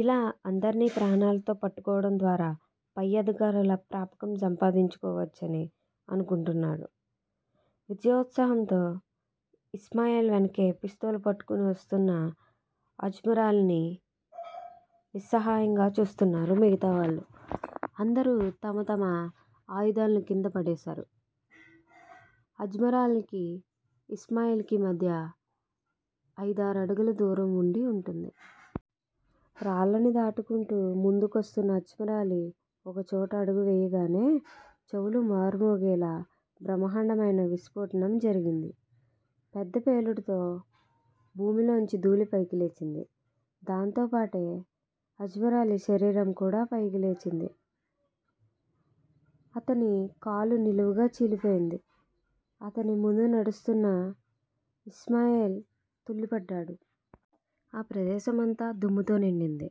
ఇలా అందర్నీ ప్రాణాల్తో పట్టుకోవడం ద్వారా పై అధికారుల ప్రాపకం సంపాదించుకోవచ్చని అనుకుంటున్నాడు. విజయోత్సాహంతో ఇస్మాయిల్ వెనుకే పిస్తోలు పట్టుకుని వస్తూన్న అజ్మరాలీని నిస్సహాయంగా చూస్తున్నారు మిగతావాళ్ళు. అందరూ తమ తమ ఆయుధాలను క్రింద పడేసారు. అజ్మరాలీకీ, ఇస్మాయిల్ కీ మధ్య అయిదారడుగుల దూరం వుండి వుంటుంది. రాళ్ళని దాటుకుంటూ ముందుకొస్తూన్న అజ్మరాలీ, ఒక చోట అడుగు వేయగానే, చెవులు మార్మోగేలా బ్రహ్మాండమైన విస్ఫోటనం జరిగింది. పెద్ద పేలుడుతో భూమిలోంచి థూళి పైకిలేచింది. దాంతోపాటే అజ్మరాలీ శరీరం కూడా పైకి లేచింది. అతని కాలు నిలువుగా చీలిపోయింది. అతని ముందు నడుస్తూన్న ఇస్మాయిల్ తూల్లిపడ్డాడు. ఆ ప్రదేశమంతా దుమ్ముతో నిండింది.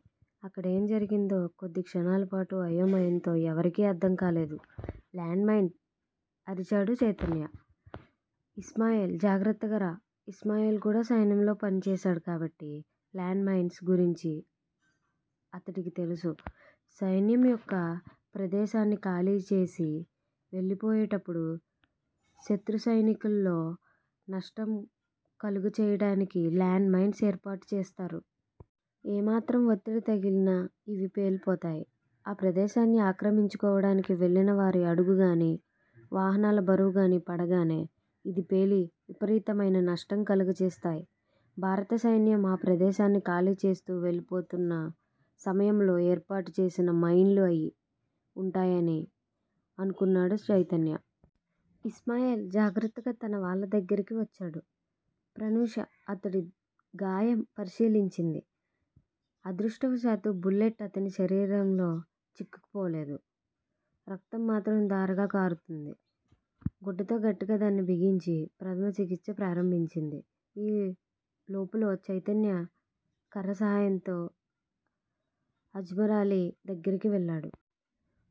అక్కడేం జరిగిందో, కొద్దిక్షణాల పాటు అయోమయంతో ఎవరికీ అర్ధంకాలేదు. లాండ్ మైన్ అరిచాడు చైతన్య. ఇస్మాయిల్- జాగ్రత్తగా రా ఇస్మాయిల్ కూడా సైన్యంలో పనిచేశాడు కాబట్టి 'లాండ్ మైన్స్' గురించి అతడికి తెలుసు. సైన్యం ఒక ప్రదేశాన్ని ఖాళీ చేసి వెళ్ళిపోయేటప్పుడు శత్రు సైనికుల్లో నష్టం కలుగచేయటానికి లాండ్ మైన్స్ ఏర్పాటు చేస్తారు. ఏ మాత్రం వత్తిడి తగిలినా ఇవి పేలిపోతాయి. ఆ ప్రదేశాన్ని ఆక్రమించుకోవటానికి వెళ్ళిన వారి అడుగు గానీ, వాహనాల బరువుగానీ పడగానే, ఇది పేలి, విపరీతమైన నష్టం కలుగచేస్తాయి. భారత సైన్యం ఆ ప్రదేశాన్ని ఖాళీచేస్తూ వెళ్ళిపోతున్న సమయంలో ఏర్పాటు చేసిన మైన్లు అయి వుంటాయని అనుకున్నాడు చైతన్య. ఇస్మాయిల్ జాగ్రత్తగా తన వాళ్ళ దగ్గరికి వచ్చాడు. ప్రనూష అతడి గాయం పరిశీలించింది. అదృష్టవశాత్తు బుల్లెట్ అతని శరీరంలో చిక్కుకుపోలేదు. రక్తం మాత్రం ధారగా కారుతూంది. గుడ్డతో గట్టిగా దాన్ని బిగించి, ప్రధమ చికిత్స ప్రారంభించింది. ఈ లోపులో చైతన్య కర్ర సాయంతో అజ్మరాలీ దగ్గిరికి వెళ్ళాడు.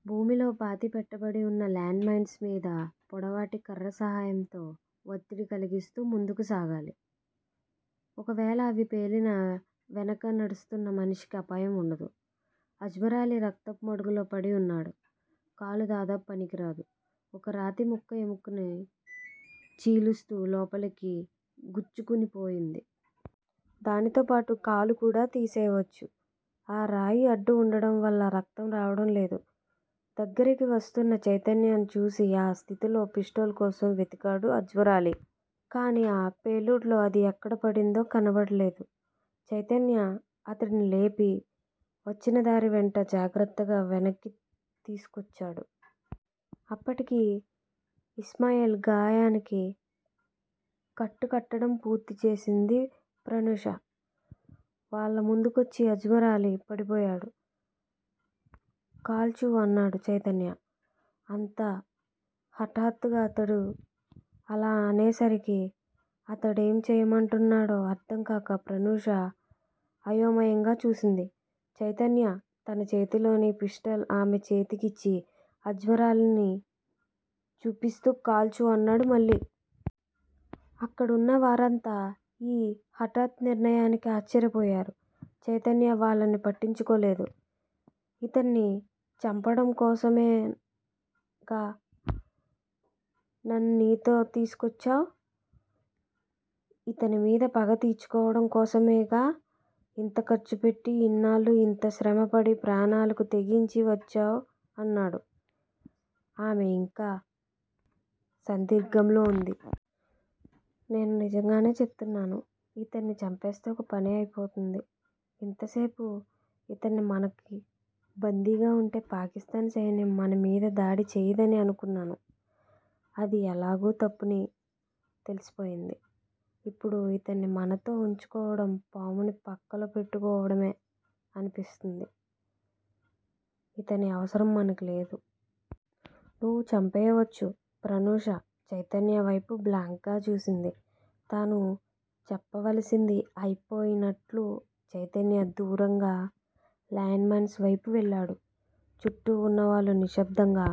భూమిలో పాతి పెట్టబడి వున్న లాండ్ మైన్స్ మీద పొడవాటి కర్ర సాయంతో వత్తిడి కలిగిస్తూ ముందుకు సాగాలి. ఒకవేళ అవి పేలినా, వెనుక నడుస్తున్న మనిషికి అపాయం వుండదు. అజ్మరాలీ రక్తపు మడుగులో పడి వున్నాడు. కాలు దాదాపు పనికిరాదు. ఒక రాతిముక్క ఎముకని చీలుస్తూ లోపలికి గుచ్చుకుని పోయి వుంది. దానితో పాటు కాలు కూడా తీసెయ్యవచ్చు. ఆ రాయి అడ్డు వుండటంవల్ల రక్తం రావటం లేదు. దగ్గరికి వస్తూన్న చైతన్యని చూసి ఆ స్థితిలో పిస్టల్ కోసం వెతికాడు అజ్మరాలీ. కానీ ఆ ప్రేలుడులో అది ఎక్కడ పడిందో కనపడలేదు. చైతన్య అతడిని లేపి, వచ్చిన దారి వెంటే జాగ్రత్తగా వెనక్కి తీసుకొచ్చాడు. అప్పటికి ఇస్మాయిల్ గాయానికి కట్టు కట్టడం పూర్తిచేసింది ప్రనూష. వాళ్ళ ముందుకొచ్చి అజ్మరాలీ పడిపోయాడు. కాల్చు అన్నాడు చైతన్య. అంత హఠాత్తుగా అతడు అలా అనేసరికి, అతడేం చెయ్యమంటున్నాడో అర్ధంకాక ప్రనూష అయోమయంగా చూసింది. చైతన్య తన చేతిలోని పిస్టల్ ఆమె చేతికిచ్చి అజ్మరాలీని చూపిస్తూ కాల్చు అన్నాడు మళ్ళీ. అక్కడున్న వారంతా ఈ హఠాత్ నిర్ణయానికి ఆశ్చర్యపోయారు. చైతన్య వాళ్ళని పట్టించుకోలేదు. ఇతన్ని చంపటం కోసమేగా నన్ను నీతో తీసుకొచ్చావ్. ఇతని మీద పగ తీర్చుకోవడం కోసమేగా ఇంత ఖర్చు పెట్టి ఇన్నేళ్ళు ఇంత శ్రమపడి ప్రాణాలకు తెగించి వచ్చావ్ అన్నాడు. ఆమె ఇంకా సందిగ్ధంలో వుంది. నేను నిజంగానే చెపుతున్నాను. ఇతన్ని చంపేస్తే ఒక పని అయిపోతుంది. ఇంతసేపూ ఇతను మనకి బందీగా వుంటే పాకిస్తాన్ సైన్యం మనమీద దాడి చెయ్యదని అనుకున్నాను. అది ఎలాగూ తప్పని తెలిసిపోయింది. ఇప్పుడు యితన్ని మనతో వుంచుకోవటం పాముని పక్కలో పెట్టుకోవడమే అనిపిస్తోంది. ఇతడి అవసరం మనకి లేదు. నువ్వు చంపెయ్యవచ్చు. ప్రనూష చైతన్య వైపు బ్లాంక్ గా చూసింది. తను చెప్పవలసింది అయిపోయినట్టు చైతన్య దూరంగా, లాండ్ మైన్స్ వైపు వెళ్ళాడు. చుట్టూ వున్నవాళ్ళు నిశ్శబ్దంగా